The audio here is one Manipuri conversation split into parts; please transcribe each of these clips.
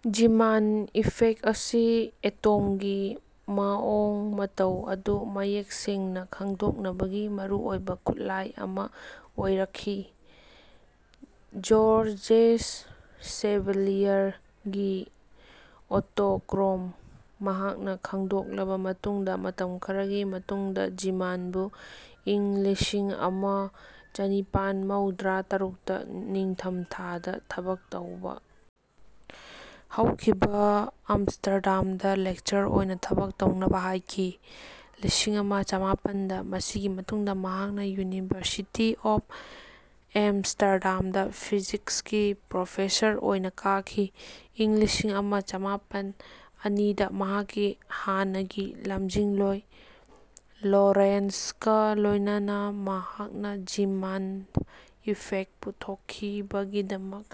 ꯖꯤꯃꯥꯟ ꯏꯐꯦꯛ ꯑꯁꯤ ꯑꯦꯇꯣꯝꯒꯤ ꯃꯑꯣꯡ ꯃꯇꯧ ꯑꯗꯨ ꯃꯌꯦꯛ ꯁꯦꯡꯅ ꯈꯪꯗꯣꯛꯅꯕꯒꯤ ꯃꯔꯨꯑꯣꯏꯕ ꯈꯨꯠꯂꯥꯏ ꯑꯃ ꯑꯣꯏꯔꯛꯈꯤ꯫ ꯖꯣꯔꯖꯦꯁ ꯁꯦꯚꯂꯤꯌꯔꯒꯤ ꯑꯣꯇꯣꯀ꯭ꯔꯣꯝ ꯃꯍꯥꯛꯅ ꯈꯪꯗꯣꯛꯂꯕ ꯃꯇꯨꯡꯗ ꯃꯇꯝ ꯈꯔꯒꯤ ꯃꯇꯨꯡꯗ ꯖꯤꯃꯥꯟꯕꯨ ꯏꯪ ꯂꯤꯁꯤꯡ ꯑꯃ ꯆꯅꯤꯄꯥꯟ ꯃꯧꯗ꯭ꯔꯥ ꯇꯔꯨꯛꯇ ꯅꯤꯡꯊꯝꯊꯥꯗ ꯊꯕꯛ ꯇꯧꯕ ꯍꯧꯈꯤꯕ ꯑꯝꯁꯇꯔꯗꯥꯝꯗ ꯂꯦꯛꯆꯔ ꯑꯣꯏꯅ ꯊꯕꯛ ꯇꯧꯅꯕ ꯍꯥꯏꯈꯤ꯫ꯂꯤꯁꯤꯡ ꯑꯃ ꯆꯃꯥꯄꯟꯗ ꯃꯁꯤꯒꯤ ꯃꯇꯨꯡꯗ ꯃꯍꯥꯛꯅ ꯌꯨꯅꯤꯚꯔꯁꯤꯇꯤ ꯑꯣꯐ ꯑꯦꯝꯁꯇꯔꯗꯥꯝꯗ ꯐꯤꯖꯤꯛꯁꯀꯤ ꯄ꯭ꯔꯣꯐꯦꯁꯔ ꯑꯣꯏꯅ ꯀꯥꯈꯤ꯫ ꯏꯪ ꯂꯤꯁꯤꯡ ꯑꯃ ꯆꯃꯥꯄꯟ ꯑꯅꯤꯗ ꯃꯍꯥꯛꯀꯤ ꯍꯥꯟꯅꯒꯤ ꯂꯝꯖꯤꯡꯂꯣꯏ ꯂꯣꯔꯦꯟꯠꯖꯒ ꯂꯣꯏꯅꯅꯥ ꯃꯍꯥꯛꯅ ꯖꯤꯃꯥꯟ ꯏꯐꯦꯛ ꯄꯨꯊꯣꯛꯈꯤꯕꯒꯤꯗꯃꯛ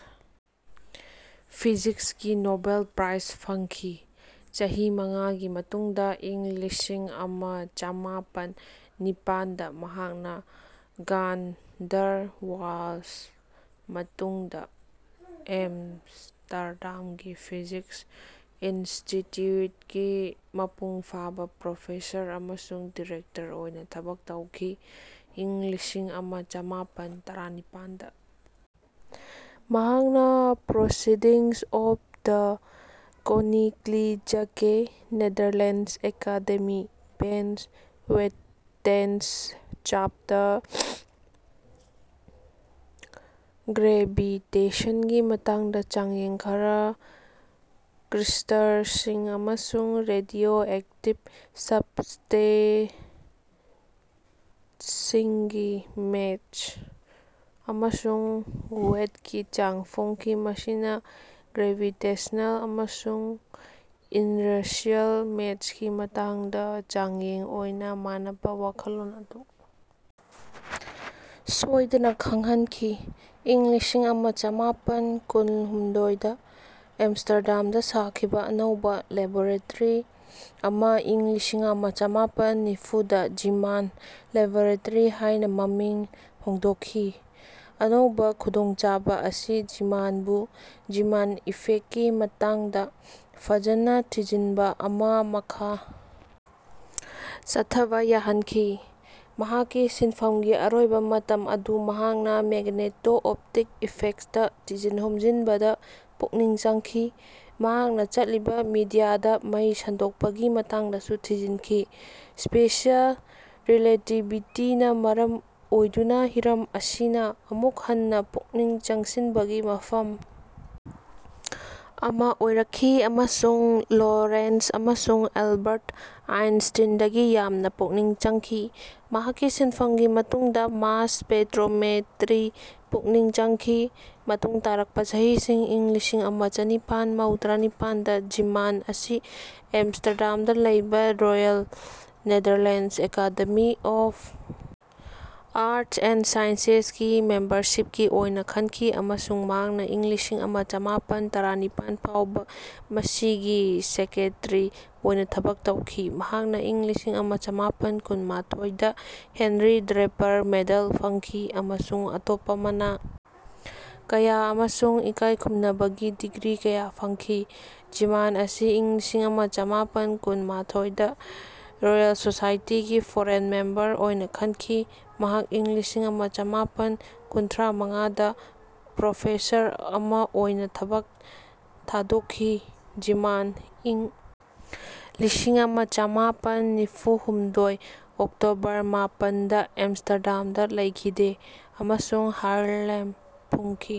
ꯐꯤꯖꯤꯛꯁꯀꯤ ꯅꯣꯕꯦꯜ ꯄ꯭ꯔꯥꯏꯖ ꯐꯪꯈꯤ꯫ ꯆꯍꯤ ꯃꯉꯥꯒꯤ ꯃꯇꯨꯡꯗ ꯏꯪ ꯂꯤꯁꯤꯡ ꯑꯃ ꯆꯃꯥꯄꯟ ꯅꯤꯄꯥꯟꯗ ꯃꯍꯥꯛꯅ ꯒꯥꯟ ꯗꯔ ꯋꯥꯜꯁ ꯃꯇꯨꯡꯗ ꯑꯝꯁꯇꯔꯗꯥꯝꯒꯤ ꯐꯤꯖꯤꯛꯁ ꯏꯟꯁꯇꯤꯇ꯭ꯌꯨꯠꯀꯤ ꯃꯄꯨꯡ ꯐꯥꯕ ꯄ꯭ꯔꯣꯐꯦꯁꯔ ꯑꯃꯁꯨꯡ ꯗꯤꯔꯦꯛꯇꯔ ꯑꯣꯏꯅ ꯊꯕꯛ ꯇꯧꯈꯤ꯫ ꯏꯪ ꯂꯤꯁꯤꯡ ꯑꯃ ꯆꯃꯥꯄꯟ ꯇꯔꯥꯅꯤꯄꯥꯟꯗ ꯃꯍꯥꯛꯅ proceedings of the Koninklijke Netherlands Academy van Wetenschappen ꯒ꯭ꯔꯦꯚꯤꯇꯦꯁꯟꯒꯤ ꯃꯇꯥꯡꯗ ꯆꯥꯡꯌꯦꯡ ꯈꯔ ꯀ꯭ꯔꯤꯁ꯭ꯇꯜꯁꯤꯡ ꯑꯃꯁꯨꯡ ꯔꯦꯗꯤꯌꯣꯑꯦꯛꯇꯤꯕ ꯁꯕꯁ꯭ꯇꯦꯟꯁꯤꯡꯒꯤ ꯃꯦꯁ ꯑꯃꯁꯨꯡ ꯋꯦꯠꯀꯤ ꯆꯥꯡ ꯐꯣꯡꯈꯤ ꯃꯁꯤꯅ ꯒ꯭ꯔꯦꯕꯤꯇꯦꯁ꯭ꯅꯦꯜ ꯑꯃꯁꯨꯡ ꯏꯟꯔꯁꯤꯌꯦꯜ ꯃꯦꯁꯀꯤ ꯃꯇꯥꯡꯗ ꯆꯥꯡꯌꯦꯡ ꯑꯣꯏꯅ ꯃꯥꯟꯅꯕ ꯋꯥꯈꯜꯂꯣꯟ ꯑꯗꯨ ꯁꯣꯏꯗꯅ ꯈꯪꯍꯟꯈꯤ꯫ ꯏꯪ ꯂꯤꯁꯤꯡ ꯑꯃ ꯆꯃꯥꯄꯟ ꯀꯨꯟꯍꯨꯝꯗꯣꯏꯗ ꯑꯝꯁꯇꯔꯗꯥꯝꯗ ꯁꯥꯈꯤꯕ ꯑꯅꯧꯕ ꯂꯦꯕꯣꯔꯦꯇꯔꯤ ꯑꯃꯥ ꯏꯪ ꯂꯤꯁꯤꯡ ꯑꯃ ꯆꯃꯥꯄꯟ ꯅꯤꯝꯐꯨꯗ ꯖꯤꯃꯥꯟ ꯂꯦꯕꯣꯔꯦꯇꯔꯤ ꯍꯥꯏꯅ ꯃꯃꯤꯡ ꯍꯣꯡꯗꯣꯛꯈꯤ꯫ ꯑꯅꯧꯕ ꯈꯨꯗꯣꯡꯆꯥꯕ ꯑꯁꯤꯅ ꯖꯤꯃꯥꯟꯕꯨ ꯖꯤꯃꯥꯟ ꯏꯐꯦꯛꯀꯤ ꯃꯇꯥꯡꯗ ꯐꯖꯅ ꯊꯤꯖꯤꯟꯕ ꯑꯃꯥ ꯃꯈꯥ ꯆꯠꯊꯕ ꯌꯥꯍꯟꯈꯤ꯫ ꯃꯍꯥꯛꯀꯤ ꯁꯤꯟꯐꯝꯒꯤ ꯑꯔꯣꯏꯕ ꯃꯇꯝ ꯑꯗꯨ ꯃꯍꯥꯛꯅ ꯃꯦꯒꯅꯦꯇꯣ ꯑꯣꯞꯇꯤꯛ ꯏꯐꯦꯛ꯭ꯁꯇ ꯊꯤꯖꯤꯟ ꯍꯨꯝꯖꯤꯟꯕꯗ ꯄꯨꯛꯅꯤꯡ ꯆꯪꯈꯤ꯫ ꯃꯍꯥꯛꯅ ꯆꯠꯂꯤꯕ ꯃꯤꯗꯤꯌꯥꯗ ꯃꯩ ꯁꯟꯗꯣꯛꯄꯒꯤ ꯃꯇꯥꯡꯗꯁꯨ ꯊꯤꯖꯤꯟꯈꯤ꯫ ꯁ꯭ꯄꯦꯁꯤꯌꯦꯜ ꯔꯤꯂꯦꯇꯤꯚꯤꯇꯤꯅ ꯃꯔꯝ ꯑꯣꯏꯗꯨꯅ ꯍꯤꯔꯝ ꯑꯁꯤꯅ ꯑꯃꯨꯛ ꯍꯟꯅ ꯄꯨꯛꯅꯤꯡ ꯆꯪꯁꯤꯟꯕꯒꯤ ꯃꯐꯝ ꯑꯃ ꯑꯣꯏꯔꯛꯈꯤ ꯑꯃꯁꯨꯡ ꯂꯣꯔꯦꯟꯠꯖ ꯑꯃꯁꯨꯡ ꯑꯦꯜꯕꯔꯠ ꯑꯥꯏꯟꯁ꯭ꯇꯤꯟꯗꯒꯤ ꯌꯥꯝꯅ ꯄꯨꯛꯅꯤꯡ ꯆꯪꯈꯤ꯫ ꯃꯍꯥꯛꯀꯤ ꯁꯤꯟꯐꯝꯒꯤ ꯃꯇꯨꯡꯗ ꯃꯥꯁ ꯁ꯭ꯄꯦꯛꯇ꯭ꯔꯣꯃꯦꯇ꯭ꯔꯤ ꯄꯨꯛꯅꯤꯡ ꯆꯪꯈꯤ꯫ ꯃꯇꯨꯡ ꯇꯥꯔꯛꯄ ꯆꯩꯍꯤꯁꯤꯡ ꯏꯪ ꯂꯤꯁꯤꯡ ꯑꯃ ꯆꯅꯤꯄꯥꯟ ꯃꯧꯗ꯭ꯔꯥꯅꯤꯄꯥꯟꯗ ꯖꯤꯃꯥꯟ ꯑꯁꯤ ꯑꯝꯁꯇꯔꯗꯥꯝꯗ ꯂꯩꯕ Royal Netherlands Academy of Arts and Sciences ꯒꯤ ꯃꯦꯝꯕꯔꯁꯤꯞꯀꯤ ꯑꯣꯏꯅ ꯈꯟꯈꯤ ꯑꯃꯁꯨꯡ ꯃꯍꯥꯛꯅ ꯏꯪ ꯂꯤꯁꯤꯡ ꯑꯃ ꯆꯃꯥꯄꯟ ꯇꯔꯥꯅꯤꯄꯥꯟ ꯐꯥꯎꯕ ꯃꯁꯤꯒꯤ ꯁꯦꯀ꯭ꯔꯦꯇꯔꯤ ꯑꯣꯏꯅ ꯊꯕꯛ ꯇꯧꯈꯤ꯫ ꯃꯍꯥꯛꯅ ꯏꯪ ꯂꯤꯁꯤꯡ ꯑꯃ ꯆꯃꯥꯄꯟ ꯀꯨꯟꯃꯥꯊꯣꯏꯗ ꯍꯦꯟꯔꯤ ꯗ꯭ꯔꯦꯄꯔ ꯃꯦꯗꯜ ꯐꯪꯈꯤ ꯑꯃꯁꯨꯡ ꯑꯇꯣꯞꯄ ꯃꯅꯥ ꯀꯌꯥ ꯑꯃꯁꯨꯡ ꯏꯀꯥꯏꯈꯨꯝꯅꯕꯒꯤ ꯗꯤꯒ꯭ꯔꯤ ꯀꯌꯥ ꯐꯪꯈꯤ꯫ ꯖꯤꯃꯥꯟ ꯑꯁꯤ ꯏꯪ ꯂꯤꯁꯤꯡ ꯑꯃ ꯆꯃꯥꯄꯟ ꯀꯨꯟꯃꯥꯊꯣꯏꯗ ꯔꯣꯌꯦꯜ ꯁꯣꯁꯥꯏꯇꯤꯒꯤ ꯐꯣꯔꯦꯟ ꯃꯦꯝꯕꯔ ꯑꯣꯏꯅ ꯈꯟꯈꯤ꯫ ꯃꯍꯥꯛ ꯏꯪ ꯂꯤꯁꯤꯡ ꯑꯃ ꯆꯃꯥꯄꯟ ꯀꯨꯟꯊ꯭ꯔꯥ ꯃꯉꯥꯗ ꯄ꯭ꯔꯣꯐꯦꯁꯔ ꯑꯃ ꯑꯣꯏꯅ ꯊꯕꯛ ꯊꯥꯗꯣꯛꯈꯤ꯫ ꯖꯤꯃꯥꯟ ꯏꯪ ꯂꯤꯁꯤꯡ ꯑꯃ ꯆꯃꯥꯄꯟ ꯅꯤꯝꯐꯨꯍꯨꯝꯗꯣꯏ ꯑꯣꯛꯇꯣꯕꯔ ꯃꯥꯄꯟꯗ ꯑꯝꯁꯇꯔꯗꯥꯝꯗ ꯂꯩꯈꯤꯗꯦ ꯑꯃꯁꯨꯡ ꯍꯥꯔꯂꯦꯝ ꯐꯨꯝꯈꯤ꯫